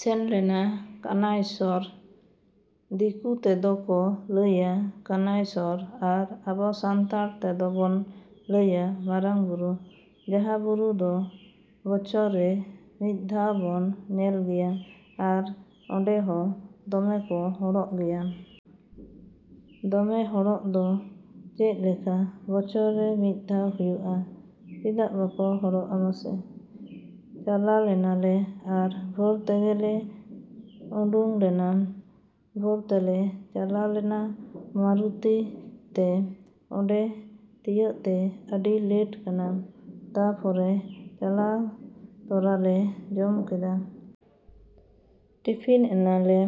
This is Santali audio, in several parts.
ᱥᱮᱱ ᱞᱮᱱᱟ ᱠᱟᱱᱟᱭ ᱥᱚᱨ᱾ ᱫᱤᱠᱩ ᱛᱮᱫᱚᱠᱚ ᱞᱟᱹᱭᱟ ᱠᱟᱱᱟᱭ ᱥᱚᱨ ᱟᱨ ᱟᱵᱚ ᱥᱟᱱᱛᱟᱲ ᱛᱮᱫᱚ ᱵᱚᱱ ᱞᱟᱹᱭᱟ ᱢᱟᱨᱟᱝ ᱵᱩᱨᱩ᱾ ᱡᱟᱦᱟᱸ ᱵᱩᱨᱩ ᱫᱚ ᱵᱚᱪᱷᱚᱨ ᱨᱮ ᱢᱤᱫ ᱫᱷᱟᱣ ᱵᱚᱱ ᱧᱮᱞ ᱜᱮᱭᱟ᱾ ᱟᱨ ᱚᱸᱰᱮ ᱦᱚᱸ ᱫᱚᱢᱮ ᱠᱚ ᱦᱚᱲᱚᱜ ᱜᱮᱭᱟ᱾ ᱫᱚᱢᱮ ᱦᱚᱲᱚᱜ ᱫᱚ ᱪᱮᱫ ᱞᱮᱠᱟ, ᱵᱚᱪᱷᱚᱨ ᱨᱮ ᱢᱤᱫ ᱫᱷᱟᱣ ᱦᱩᱭᱩᱜᱼᱟ, ᱪᱮᱫᱟᱜ ᱵᱟᱠᱚ ᱦᱚᱲᱚᱜᱼᱟ ᱢᱟᱥᱮ? ᱪᱟᱞᱟᱣᱞᱮᱱᱟᱞᱮ ᱟᱨ ᱵᱷᱳᱨ ᱛᱮᱜᱮᱞᱮ ᱩᱰᱩᱝ ᱞᱮᱱᱟ, ᱵᱷᱳᱨ ᱛᱮᱞᱮ ᱪᱟᱞᱟᱣ ᱞᱮᱱᱟ ᱢᱟᱨᱩᱛᱤ ᱛᱮ᱾ ᱚᱸᱰᱮ ᱛᱤᱭᱟᱹᱜ ᱛᱮ ᱟᱹᱰᱤ ᱞᱮᱴ ᱠᱟᱱᱟ᱾ᱛᱟᱨᱯᱚᱨᱮ ᱪᱟᱞᱟᱣ ᱛᱚᱨᱟᱞᱮ ᱡᱚᱢ ᱠᱮᱫᱟ᱾ ᱴᱤᱯᱷᱤᱱ ᱮᱱᱟᱞᱮ,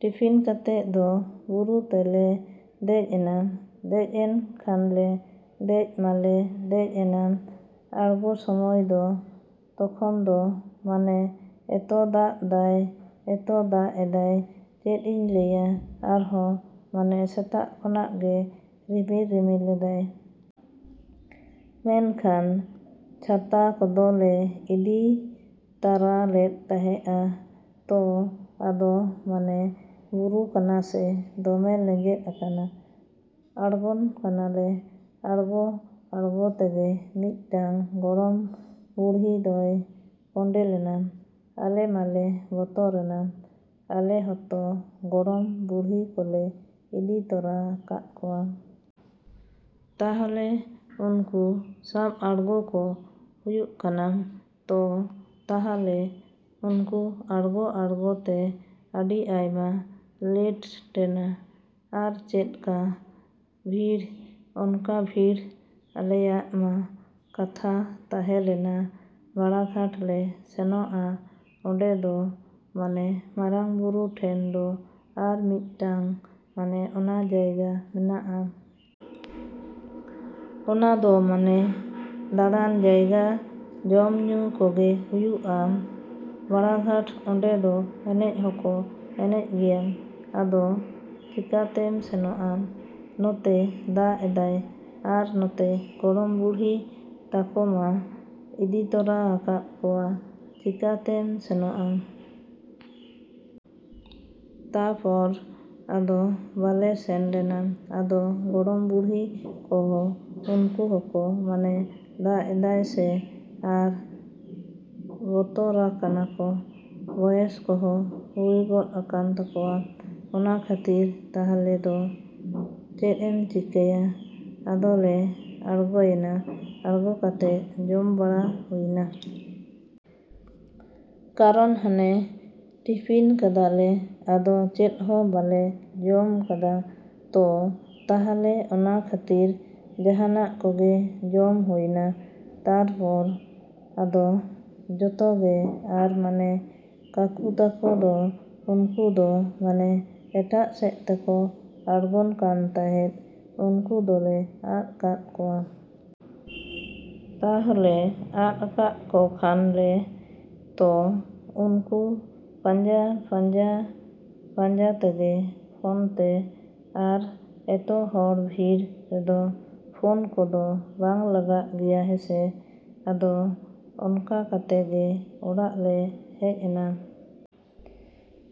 ᱴᱤᱯᱷᱤᱱ ᱠᱟᱛᱮ ᱫᱚ ᱵᱩᱨᱩ ᱛᱮᱞᱮ ᱫᱮᱡ ᱮᱱᱟ᱾ ᱫᱮᱡ ᱮᱱ ᱠᱷᱟᱱᱞᱮ, ᱫᱮᱡ ᱢᱟᱞᱮ ᱫᱮᱡ ᱮᱱᱟ᱾ ᱟᱬᱜᱚ ᱥᱚᱢᱚᱭ ᱫᱚ ᱛᱚᱠᱷᱚᱱ ᱫᱚ ᱢᱟᱱᱮ ᱮᱛᱚ ᱫᱟᱜ ᱫᱟᱭ ᱮᱛᱚ ᱫᱟᱜ ᱮᱫᱟᱭ ᱪᱮᱫ ᱤᱧ ᱞᱟᱹᱭᱟ ᱟᱨᱦᱚᱸ ᱢᱟᱱᱮ ᱥᱮᱛᱟᱜ ᱠᱷᱚᱱᱟᱜ ᱜᱮ ᱨᱤᱢᱤᱞ ᱨᱤᱢᱤᱞ ᱮᱫᱟᱭ᱾ ᱢᱮᱱᱠᱷᱟᱱ ᱪᱷᱟᱛᱟ ᱠᱚᱫᱚᱞᱮ ᱤᱫᱤ ᱛᱟᱨᱟ ᱞᱮᱫ ᱛᱟᱦᱮᱸᱜᱼᱟ᱾ ᱛᱚ ᱟᱫᱚ ᱢᱟᱱᱮ ᱵᱩᱨᱩ ᱠᱟᱱᱟ ᱥᱮ ᱫᱚᱢᱮ ᱞᱮᱸᱡᱮᱫ ᱟᱠᱟᱱᱟ᱾ ᱟᱬᱜᱚᱱ ᱠᱟᱱᱟᱞᱮ, ᱟᱬᱜᱚ ᱟᱬᱜᱚ ᱛᱮᱜᱮ ᱢᱤᱫᱴᱟᱝ ᱜᱚᱲᱚᱢ ᱵᱩᱲᱦᱤ ᱫᱚᱭ ᱠᱚᱸᱰᱮᱞᱮᱱᱟ᱾ ᱟᱞᱮᱢᱟᱞᱮ ᱵᱚᱛᱚᱨᱮᱱᱟ᱾ ᱟᱞᱮ ᱦᱚᱸᱛᱚ ᱜᱚᱲᱚᱢ ᱵᱩᱲᱦᱤ ᱠᱚᱞᱮ ᱤᱫᱤ ᱛᱚᱨᱟ ᱟᱠᱟᱫ ᱠᱚᱣᱟ᱾ ᱛᱟᱦᱚᱞᱮ ᱩᱱᱠᱩ ᱥᱟᱵ ᱟᱬᱜᱚ ᱠᱚ ᱦᱩᱭᱩᱜ ᱠᱟᱱᱟ᱾ ᱛᱚ, ᱛᱟᱦᱚᱞᱮ ᱩᱱᱠᱩ ᱟᱬᱜᱚ ᱟᱬᱜᱚ ᱛᱮ ᱟᱹᱰᱤ ᱟᱭᱢᱟ ᱞᱮᱴᱮᱱᱟ᱾ ᱟᱨ ᱪᱮᱫᱠᱟ ᱵᱷᱤᱲ, ᱚᱱᱠᱟ ᱵᱷᱤᱲ ᱟᱞᱮᱭᱟᱜ ᱢᱟ ᱠᱟᱛᱷᱟ ᱛᱟᱦᱮᱞᱮᱱᱟ ᱵᱟᱲᱟ ᱜᱷᱟᱴ ᱞᱮ ᱥᱮᱱᱚᱜᱼᱟ᱾ ᱚᱸᱰᱮ ᱫᱚ ᱢᱟᱱᱮ ᱢᱟᱨᱟᱝ ᱵᱩᱨᱩ ᱴᱷᱮᱱ ᱫᱚ ᱟᱨ ᱢᱤᱫᱴᱟᱝ ᱢᱟᱱᱮ ᱚᱱᱟ ᱡᱟᱭᱜᱟ ᱢᱮᱱᱟᱜᱼᱟ᱾ ᱚᱱᱟ ᱫᱚ ᱢᱟᱱᱮ ᱫᱟᱬᱟᱱ ᱡᱟᱭᱜᱟ, ᱡᱚᱢ, ᱧᱩ ᱠᱚᱜᱮ ᱦᱩᱭᱩᱜᱼᱟ᱾ ᱵᱟᱲᱟᱜᱷᱟᱴ ᱚᱸᱰᱮ ᱫᱚ ᱮᱱᱮᱡ ᱦᱚᱸᱠᱚ ᱮᱱᱮᱡ ᱜᱮᱭᱟ᱾ ᱟᱫᱚ ᱪᱤᱠᱟᱛᱮᱢ ᱥᱮᱱᱚᱜᱼᱟ, ᱱᱚᱛᱮ ᱫᱟᱜ ᱮᱫᱟᱭ, ᱟᱨ ᱱᱚᱛᱮ ᱜᱚᱲᱚᱢ ᱵᱩᱲᱦᱤ ᱛᱟᱠᱚᱢᱟ ᱤᱫᱤ ᱛᱚᱨᱟ ᱟᱠᱟᱫ ᱠᱚᱣᱟ ᱪᱤᱠᱟᱹᱛᱮᱢ ᱥᱮᱱᱚᱜᱼᱟ? ᱛᱟᱯᱚᱨ ᱟᱫᱚ ᱵᱟᱞᱮ ᱥᱮᱱᱞᱮᱱᱟ᱾ ᱟᱫᱚ ᱜᱚᱲᱚᱢ ᱵᱩᱲᱦᱤ ᱠᱚᱦᱚᱸ ᱩᱱᱠᱩ ᱦᱚᱸᱠᱚ ᱢᱟᱱᱮ ᱫᱟᱜ ᱮᱫᱟᱭ ᱥᱮ ᱟᱨ ᱵᱚᱛᱚᱨᱟᱠᱟᱱᱟᱠᱚ, ᱵᱚᱭᱮᱥ ᱠᱚᱦᱚᱸ ᱦᱩᱭ ᱜᱚᱫ ᱟᱠᱟᱱ ᱛᱟᱠᱚᱣᱟ᱾ ᱚᱱᱟ ᱠᱷᱟᱹᱛᱤᱨ ᱛᱟᱦᱚᱞᱮ ᱫᱚ ᱪᱮᱫ ᱮᱢ ᱪᱤᱠᱟᱹᱭᱟ ᱟᱫᱚᱞᱮ ᱟᱬᱜᱚᱭᱮᱱᱟ᱾ ᱟᱬᱜᱚ ᱠᱟᱛᱮ ᱡᱚᱢ ᱵᱟᱲᱟ ᱦᱩᱭᱮᱱᱟ᱾ ᱠᱟᱨᱚᱱ ᱦᱟᱱᱮ ᱴᱤᱯᱷᱤᱱ ᱠᱟᱫᱟᱞᱮ ᱟᱫᱚ ᱪᱮᱫ ᱦᱚᱸ ᱵᱟᱞᱮ ᱡᱚᱢ ᱠᱟᱫᱟ᱾ ᱛᱚ, ᱛᱟᱦᱚᱞᱮ ᱚᱱᱟ ᱠᱷᱟᱹᱛᱤᱨ ᱡᱟᱦᱟᱱᱟᱜ ᱠᱚᱜᱮ ᱡᱚᱢ ᱦᱩᱭᱮᱱᱟ᱾ ᱛᱟᱨᱯᱚᱨ ᱟᱫᱚ ᱡᱚᱛᱚ ᱜᱮ ᱟᱨ ᱢᱟᱱᱮ ᱠᱟᱠᱩ ᱛᱟᱠᱚ ᱫᱚ ᱩᱱᱠᱩ ᱫᱚ ᱢᱟᱱᱮ ᱮᱴᱟᱜ ᱥᱮᱫ ᱛᱮᱠᱚ ᱟᱬᱜᱚᱱ ᱠᱟᱱ ᱛᱟᱸᱦᱮᱫ ᱩᱱᱠᱩ ᱫᱚᱞᱮ ᱟᱫ ᱠᱟᱫ ᱠᱚᱣᱟ᱾ ᱛᱟᱦᱚᱞᱮ ᱟᱫ ᱠᱟᱜ ᱠᱚ ᱠᱷᱟᱱ ᱞᱮ, ᱛᱚ, ᱩᱱᱠᱩ ᱯᱟᱸᱡᱟ, ᱯᱟᱸᱡᱟ, ᱯᱟᱸᱡᱟ ᱛᱮᱜᱮ ᱯᱷᱳᱱ ᱛᱮ, ᱟᱨ ᱮᱛᱚ ᱦᱚᱲ ᱵᱷᱤᱲ ᱨᱮᱫᱚ ᱯᱷᱳᱱ ᱠᱚᱫᱚ ᱵᱟᱝ ᱞᱟᱜᱟᱜ ᱜᱮᱭᱟ ᱦᱮᱸᱥᱮ᱾ ᱟᱫᱚ ᱚᱱᱠᱟ ᱠᱟᱛᱮ ᱜᱮ ᱚᱲᱟᱜ ᱞᱮ ᱦᱮᱡ ᱮᱱᱟ᱾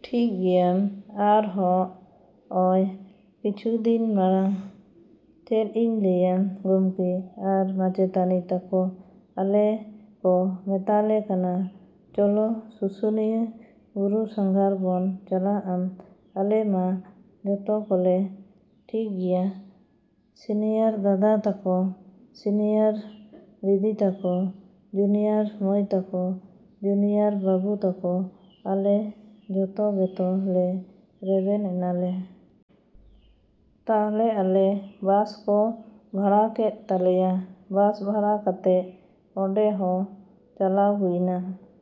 ᱴᱷᱤᱠ ᱜᱮᱭᱟ᱾ ᱟᱨ ᱦᱚᱸᱜ ᱚᱭ ᱠᱤᱪᱷᱩ ᱫᱤᱱ ᱢᱟᱲᱟᱝ ᱪᱮᱫ ᱤᱧ ᱞᱟᱹᱭᱟ ᱜᱚᱢᱠᱮ ᱟᱨ ᱢᱟᱪᱮᱛᱟᱹᱱᱤ ᱛᱟᱠᱚ ᱟᱞᱮ ᱠᱚ ᱢᱮᱛᱟᱞᱮ ᱠᱟᱱᱟ ᱪᱚᱞᱚ ᱥᱩᱥᱩᱱᱤᱭᱟᱹ ᱵᱩᱨᱩ ᱥᱟᱸᱜᱷᱟᱨ ᱵᱚᱱ ᱪᱟᱞᱟᱜᱼᱟ᱾ ᱟᱞᱮ ᱢᱟ ᱡᱚᱛᱚ ᱠᱚᱞᱮ ᱴᱷᱤᱠᱜᱮᱭᱟ ᱥᱤᱱᱤᱭᱟᱨ ᱫᱟᱫᱟ ᱛᱟᱠᱚ, ᱥᱤᱱᱤᱭᱟᱨ ᱫᱤᱫᱤ ᱛᱟᱠᱚ, ᱡᱩᱱᱤᱭᱟᱨ ᱢᱟᱹᱭ ᱛᱟᱠᱚ, ᱡᱩᱱᱤᱭᱟᱨ ᱵᱟᱹᱵᱩ ᱛᱟᱠᱚ ᱟᱞᱮ ᱡᱷᱚᱛᱚ ᱜᱮᱛᱚ ᱞᱮ ᱨᱮᱵᱮᱱ ᱮᱱᱟᱞᱮ᱾ ᱛᱟᱦᱚᱞᱮ ᱟᱞᱮ ᱵᱟᱥ ᱠᱚ ᱵᱷᱟᱲᱟ ᱠᱮᱫ ᱛᱟᱞᱮᱭᱟ᱾ ᱵᱟᱥ ᱵᱷᱟᱲᱟ ᱠᱟᱛᱮ ᱚᱸᱰᱮ ᱦᱚᱸ ᱪᱟᱞᱟᱣ ᱦᱩᱭᱞᱮᱱᱟ